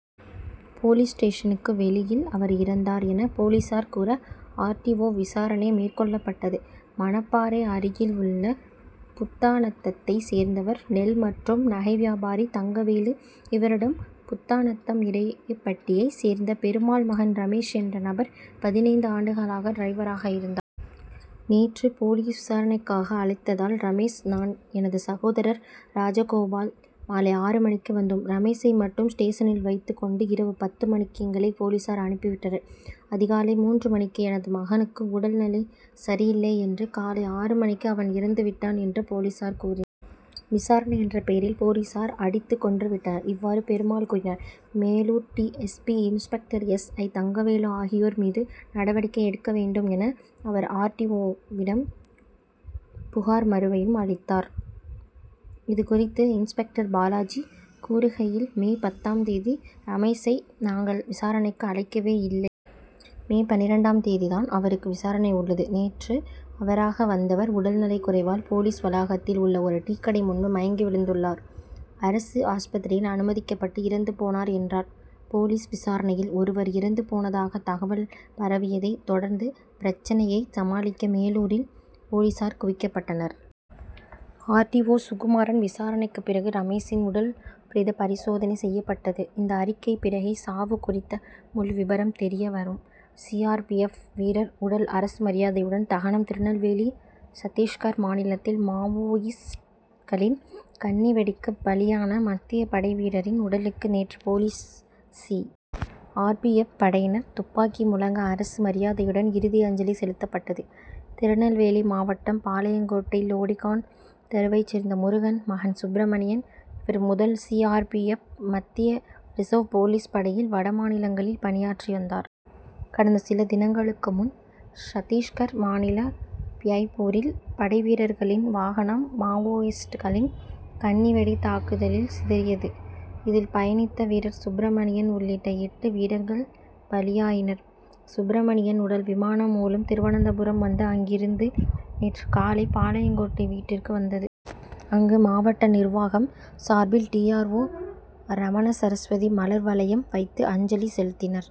Police ஸ்டேஷனுக்கு வெளியில் அவர் இறந்தார் என போலீசார் கூற ஆர். டி. ஓ. விசாரணை மேற்கொள்ளப்பட்டது. மணப்பாறை அருகில் உள்ள புத்தாநத்தத்தை சேர்ந்தவர் நெல் மற்றும் நகை வியாபாரி தங்கவேலு. இவரிடம் புத்தாநத்தம் இடையபட்டியை சேர்ந்த பெருமாள் மகன் ரமேஷ் என்ற நபர் பதினைந்து ஆண்டுகளாக டிரைவராக இருந்தா. நேற்று போலீஸ் விசாரணைக்காக அழைத்ததால் ரமேஷ் நான் எனது சகோதரர் ராஜகோபால் மாலை ஆறு மணிக்கு வந்தோம். ரமேஷை மட்டும் ஸ்டேஷனில் வைத்துக் கொண்டு இரவு பத்து மணிக்கு எங்களை போலீசார் அனுப்பி விட்டனர். அதிகாலை மூன்று மணிக்கு எனது மகனுக்கு உடல் நிலை சரியில்லை என்று காலை ஆறு மணிக்கு அவன் இறந்து விட்டான் என்று போலீசார் கூறி. விசாரணை என்ற பெயரில் போலீசார் அடித்து கொன்றுவிட்டனர். இவ்வாறு பெருமாள் கூறினார். Melur D. S. P. Inspector S. I. Thangavelu ஆகியோர் மீது நடவடிக்கை எடுக்க வேண்டும் என அவர் ஆர். டி. ஓ.விடம் புகார் மனுவையும் அளித்தார். இது குறித்து இன்ஸ்பெக்டர் பாலாஜி கூறுகையில் மே பத்தாம் தேதி ரமேஷை நாங்கள் விசாரணைக்கு அழைக்கவே இல்லை. மே பன்னிரண்டாம் தேதி தான் அவருக்கு விசாரணை உள்ளது. நேற்று அவராக வந்தவர் உடல் நலக்குறைவால் போலீஸ் வளாகத்தில் உள்ள ஒரு டீக்கடை முன்பு மயங்கி விழுந்துள்ளார். அரசு ஆஸ்பத்திரியில் அனுமதிக்கப்பட்டு இறந்து போனார் என்றார். போலீஸ் விசாரணையில் ஒருவர் இறந்து போனதாக தகவல் பரவியதை தொடர்ந்து பிரச்னையை சமாளிக்க மேலூரில் போலீசார் குவிக்கப்பட்டனர். ஆர். டி. ஓ. சுகுமாறன் விசாரணைக்கு பிறகு ரமேஷின் உடல் பிரேத பரிசோதனை செய்யப்பட்டது. இந்த அறிக்கைக்கு பிறகே சாவு குறித்த முழு விபரம் தெரிய வரும். சி. ஆர். பி. எப். வீரர் உடல் அரசு மரியாதையுடன் தகனம் திருநெல்வேலி சத்திஸ்கர் மாநிலத்தில் மாவோயிஸ்ட்களின் கண்ணிவெடிக்கு பலியான மத்திய படை வீரரின் உடலுக்கு நேற்று police C. R. P. F. படையினர் துப்பாக்கி முழங்க அரசு மரியாதையுடன் இறுதி அஞ்சலி செலுத்தப்பட்டது. திருநெல்வேலி மாவட்டம் பாளையங்கோட்டை லோடிகான் தெருவைச் சேர்ந்த முருகன் மகன் சுப்ரமணியன். இவர் முதல் சி. ஆர். பி. எப். மத்திய ரிசர்வ் போலீஸ் படையில் வடமாநிலங்களில் பணியாற்றி வந்தார். கடந்த சில தினங்களுக்கு முன் சத்திஸ்கர் மாநிலம் பிஐப்பூரில் படைவீரர்களின் வாகனம் மாவோயிஸ்ட்களின் கண்ணிவெடி தாக்குதலில் சிதறியது. இதில் பயணித்த வீரர் சுப்ரமணியன் உள்ளிட்ட எட்டு வீரர்கள் பலியாயினர். சுப்ரமணியன் உடல் விமானம் மூலம் திருவனந்தபுரம் வந்து அங்கிருந்து நேற்று காலை பாளையங்கோட்டை வீட்டிற்கு வந்தது. அங்கு மாவட்ட நிர்வாகம் சார்பில் டி. ஆர். ஓ. ரமணசரஸ்வதி மலர் வளையம் வைத்து அஞ்சலி செலுத்தினார்.